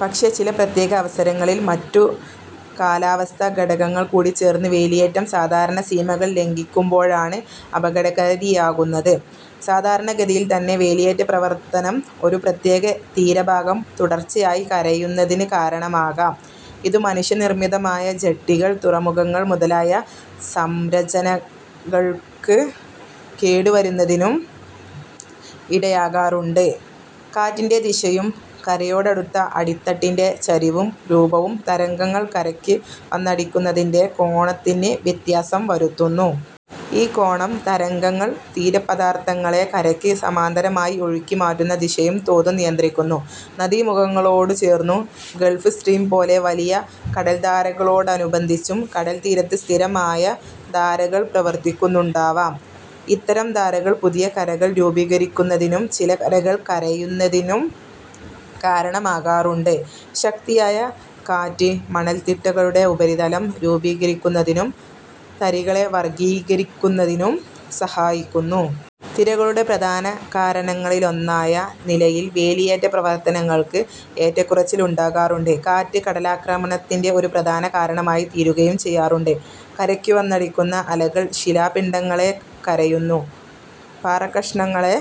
പക്ഷേ ചില പ്രത്യേക അവസരങ്ങളിൽ മറ്റു കാലാവസ്ഥാ ഘടകങ്ങൾ കൂടി ചേർന്ന് വേലിയേറ്റം സാധാരണ സീമകൾ ലംഘിക്കുമ്പോഴാണ് അപകടകാരിയാകുന്നത്. സാധാരണഗതിയിൽത്തന്നെ വേലിയേറ്റ പ്രവർത്തനം ഒരു പ്രത്യേക തീരഭാഗം തുടർച്ചയായി കരയുന്നതിന് കാരണമാകാം. ഇതു മനുഷ്യനിർമിതമായ ജട്ടികൾ, തുറമുഖങ്ങൾ മുതലായ സംരചനകൾക്ക് കേടുവരുന്നതിനും ഇടയാകാറുണ്ട്. കാറ്റിൻ്റെ ദിശയും കരയോടടുത്ത അടിത്തട്ടിൻ്റെ ചരിവും രൂപവും തരംഗങ്ങൾ കരയ്ക്ക് വന്നടിക്കുന്നതിൻ്റെ കോണത്തിന് വ്യത്യാസം വരുത്തുന്നു. ഈ കോണം, തരംഗങ്ങൾ തീരപദാർഥങ്ങളെ കരയ്ക്ക് സമാന്തരമായി ഒഴുക്കി മാറ്റുന്ന ദിശയും തോതും നിയന്ത്രിക്കുന്നു. നദീമുഖങ്ങളോടു ചേർന്നും, ഗൾഫ് സ്ട്രീം പോലെ വലിയ കടൽധാരകളോടനുബന്ധിച്ചും കടൽത്തീരത്ത് സ്ഥിരമായ ധാരകൾ പ്രവർത്തിക്കുന്നുണ്ടാവാം. ഇത്തരം ധാരകൾ പുതിയ കരകൾ രൂപീകരിക്കുന്നതിനും ചില കരകൾ കരയുന്നതിനും കാരണമാകാറുണ്ട്. ശക്തിയായ കാറ്റ് മണൽത്തിട്ടകളുടെ ഉപരിതലം രൂപീകരിക്കുന്നതിനും തരികളെ വർഗീകരിക്കുന്നതിനും സഹായിക്കുന്നു. തിരകളുടെ പ്രധാന കാരണങ്ങളിലൊന്നായ നിലയിൽ വേലിയേറ്റ പ്രവർത്തനങ്ങൾക്ക് ഏറ്റക്കുറച്ചിൽ ഉണ്ടാകാറുണ്ട്. കാറ്റ് കടലാക്രമണത്തിൻ്റെ ഒരു പ്രധാന കാരണമായി തീരുകയും ചെയ്യാറുണ്ട്. കരയ്ക്കു വന്നടിക്കുന്ന അലകൾ ശിലാപിണ്ഡങ്ങളെ കരയുന്നു. പാറക്കഷണങ്ങളെ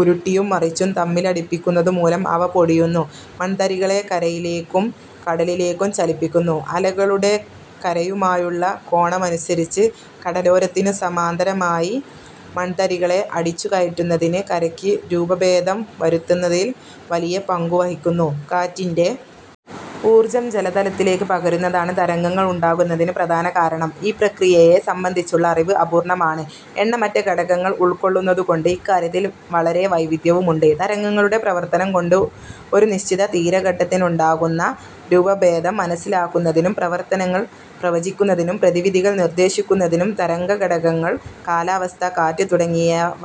ഉരുട്ടിയും മറിച്ചും തമ്മിലടിപ്പിക്കുന്നതുമൂലം അവ പൊടിയുന്നു. മൺതരികളെ കരയിലേക്കും കടലിലേക്കും ചലിപ്പിക്കുന്നു. അലകളുടെ കരയുമായുള്ള കോണമനുസരിച്ച് കടലോരത്തിനു സമാന്തരമായി മൺതരികളെ അടിച്ചുകയറ്റുന്നതിന് കരയ്ക്ക് രൂപഭേദം വരുത്തുന്നതിൽ വലിയ പങ്കുവഹിക്കുന്നു. കാറ്റിൻ്റെ ഊർജം ജലതലത്തിലേക്ക് പകരുന്നതാണ് തരംഗങ്ങൾ ഉണ്ടാകുന്നതിന് പ്രധാന കാരണം. ഈ പ്രക്രിയയെ സംബന്ധിച്ചുള്ള അറിവ് അപൂർണമാണ്. എണ്ണമറ്റ ഘടകങ്ങൾ ഉൾക്കൊള്ളുന്നതുകൊണ്ട് ഇക്കാര്യത്തിൽ വളരെ വൈവിധ്യവുമുണ്ട്. തരംഗങ്ങളുടെ പ്രവർത്തനം കൊണ്ട് ഒരു നിശ്ചിത തീരഖട്ടത്തിനുണ്ടാകുന്ന രൂപഭേദം മനസ്സിലാക്കുന്നതിനും പ്രവർത്തനങ്ങൾ പ്രവചിക്കുന്നതിനും പ്രതിവിധികൾ നിർദ്ദേശിക്കുന്നതിനും തരംഗഘടകങ്ങൾ, കാലാവസ്ഥ, കാറ്റ് തുടങ്ങിയവ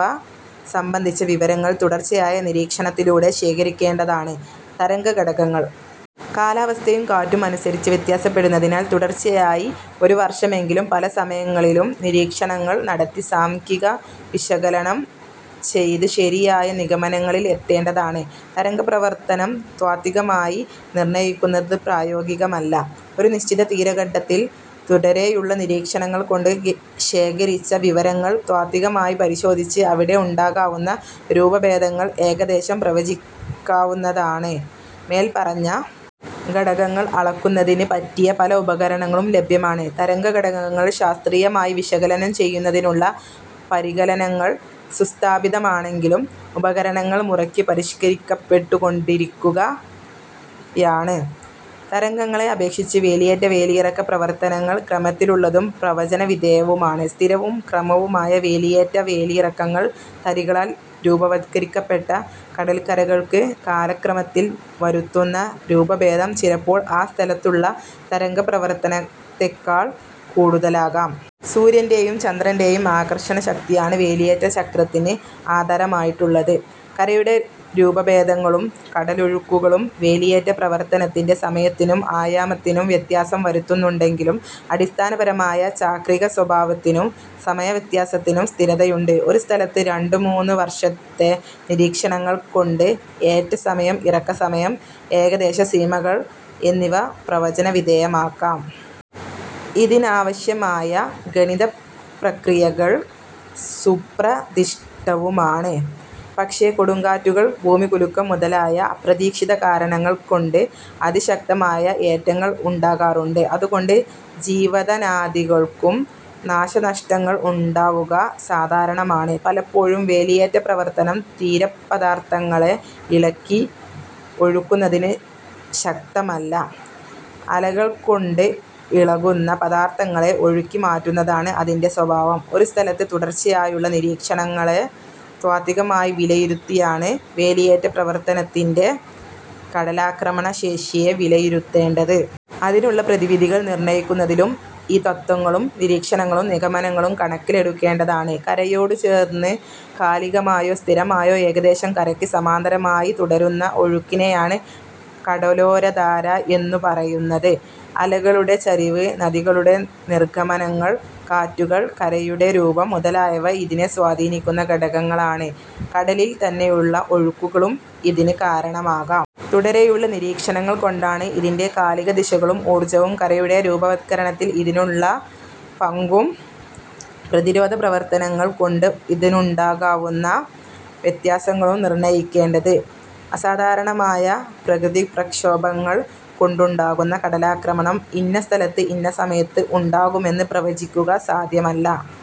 സംബന്ധിച്ച വിവരങ്ങൾ തുടർച്ചയായ നിരീക്ഷണത്തിലൂടെ ശേഖരിക്കേണ്ടതാണ്. തരംഗഘടകങ്ങൾ കാലാവസ്ഥയും കാറ്റും അനുസരിച്ച് വ്യത്യാസപ്പെടുന്നതിനാൽ തുടർച്ചയായി ഒരു വർഷമെങ്കിലും പല സമയങ്ങളിലും നിരീക്ഷണങ്ങൾ നടത്തി സാംഖ്യിക വിശകലനം ചെയ്ത് ശരിയായ നിഗമനങ്ങളിൽ എത്തേണ്ടതാണ്. തരംഗപ്രവർത്തനം താത്വികമായി നിർണയിക്കുന്നത് പ്രായോഗികമല്ല. ഒരു നിശ്ചിത തീരഖട്ടത്തിൽ തുടരെയുള്ള നിരീക്ഷണങ്ങൾ കൊണ്ട് ശേഖരിച്ച വിവരങ്ങൾ താത്വികമായി പരിശോധിച്ച് അവിടെ ഉണ്ടാകാവുന്ന രൂപഭേദങ്ങൾ ഏകദേശം പ്രവചിക്കാവുന്നതാണ്. മേൽപ്പറഞ്ഞ ഘടകങ്ങൾ അളക്കുന്നതിന് പറ്റിയ പല ഉപകരണങ്ങളും ലഭ്യമാണ്. തരംഗഘടകങ്ങൾ ശാസ്ത്രീയമായി വിശകലനം ചെയ്യുന്നതിനുള്ള പരികലനങ്ങൾ സുസ്ഥാപിതമാണെങ്കിലും ഉപകരണങ്ങൾ മുറയ്ക്ക് പരിഷ്കരിക്കപ്പെട്ടുകൊണ്ടിരിക്കുകയാണ്. തരംഗങ്ങളെ അപേക്ഷിച്ച് വേലിയേറ്റ വേലിയിറക്ക പ്രവർത്തനങ്ങൾ ക്രമത്തിലുള്ളതും പ്രവചനവിധേയവുമാണ്. സ്ഥിരവും ക്രമവുമായ വേലിയേറ്റ വേലിയിറക്കങ്ങൾ തരികളാൽ രൂപവത്കരിക്കപ്പെട്ട കടൽക്കരകൾക്ക് കാലക്രമത്തിൽ വരുത്തുന്ന രൂപഭേദം ചിലപ്പോൾ ആ സ്ഥലത്തുള്ള തരംഗപ്രവർത്തനത്തെക്കാൾ കൂടുതലാകാം. സൂര്യൻ്റെ യും ചന്ദ്രൻ്റെ യും ആകർഷണശക്തിയാണ് വേലിയേറ്റ ചക്രത്തിന് ആധാരമായിട്ടുള്ളത്. കരയുടെ രൂപഭേദങ്ങളും കടലൊഴുക്കുകളും വേലിയേറ്റ പ്രവർത്തനത്തിൻ്റെ സമയത്തിനും ആയാമത്തിനും വ്യത്യാസം വരുത്തുന്നുണ്ടെങ്കിലും അടിസ്ഥാനപരമായ ചാക്രിക സ്വഭാവത്തിനും സമയവ്യത്യാസത്തിനും സ്ഥിരതയുണ്ട്. ഒരു സ്ഥലത്ത് രണ്ടു മൂന്ന് വർഷത്തെ നിരീക്ഷണങ്ങൾ കൊണ്ട് ഏറ്റസമയം, ഇറക്കസമയം, ഏകദേശ സീമകൾ എന്നിവ പ്രവചനവിധേയമാക്കാം. ഇതിനാവശ്യമായ ഗണിതപ്രക്രിയകൾ സുപ്രതിഷ്ഠവുമാണ്. പക്ഷേ കൊടുങ്കാറ്റുകൾ, ഭൂമികുലുക്കം മുതലായ അപ്രതീക്ഷിത കാരണങ്ങൾ കൊണ്ട് അതിശക്തമായ ഏറ്റങ്ങൾ ഉണ്ടാകാറുണ്ട്. അതുകൊണ്ട് ജീവധനാദികൾക്കും നാശനഷ്ടങ്ങൾ ഉണ്ടാവുക സാധാരണമാണ്. പലപ്പോഴും വേലിയേറ്റ പ്രവർത്തനം തീരപദാർഥങ്ങളെ ഇളക്കി ഒഴുക്കുന്നതിന് ശക്തമല്ല. അലകൾകൊണ്ട് ഇളകുന്ന പദാർഥങ്ങളെ ഒഴുക്കി മാറ്റുന്നതാണ് അതിൻ്റെ സ്വഭാവം. ഒരു സ്ഥലത്ത് തുടർച്ചയായുള്ള നിരീക്ഷണങ്ങളെ താത്വികമായി വിലയിരുത്തിയാണ് വേലിയേറ്റ പ്രവർത്തനത്തിൻ്റെ കടലാക്രമണ ശേഷിയെ വിലയിരുത്തേണ്ടത്. അതിനുള്ള പ്രതിവിധികൾ നിർണയിക്കുന്നതിലും ഈ തത്ത്വങ്ങളും നിരീക്ഷണങ്ങളും നിഗമനങ്ങളും കണക്കിലെടുക്കേണ്ടതാണ്. കരയോടു ചേർന്ന് കാലികമായോ സ്ഥിരമായോ ഏകദേശം കരയ്ക്ക് സമാന്തരമായി തുടരുന്ന ഒഴുക്കിനെയാണ് കടലോരധാര എന്നു പറയുന്നത്. അലകളുടെ ചരിവ്, നദികളുടെ നിർഗമനങ്ങൾ, കാറ്റുകൾ, കരയുടെ രൂപം മുതലായവ ഇതിനെ സ്വാധീനിക്കുന്ന ഘടകങ്ങളാണ്. കടലിൽ തന്നെയുള്ള ഒഴുക്കുകളും ഇതിന് കാരണമാകാം. തുടരെയുള്ള നിരീക്ഷണങ്ങൾ കൊണ്ടാണ് ഇതിൻ്റെ കാലിക ദിശകളും ഊർജവും, കരയുടെ രൂപവത്കരണത്തിൽ ഇതിനുള്ള പങ്കും, പ്രതിരോധ പ്രവർത്തനങ്ങൾ കൊണ്ട് ഇതിനുണ്ടാകാവുന്ന വ്യത്യാസങ്ങളും നിർണയിക്കേണ്ടത്. അസാധാരണമായ പ്രകൃതിപ്ര ക്ഷോഭങ്ങൾ കൊണ്ടുണ്ടാകുന്ന കടലാക്രമണം ഇന്ന സ്ഥലത്ത് ഇന്ന സമയത്ത് ഉണ്ടാകുമെന്ന് പ്രവചിക്കുക സാധ്യമല്ല.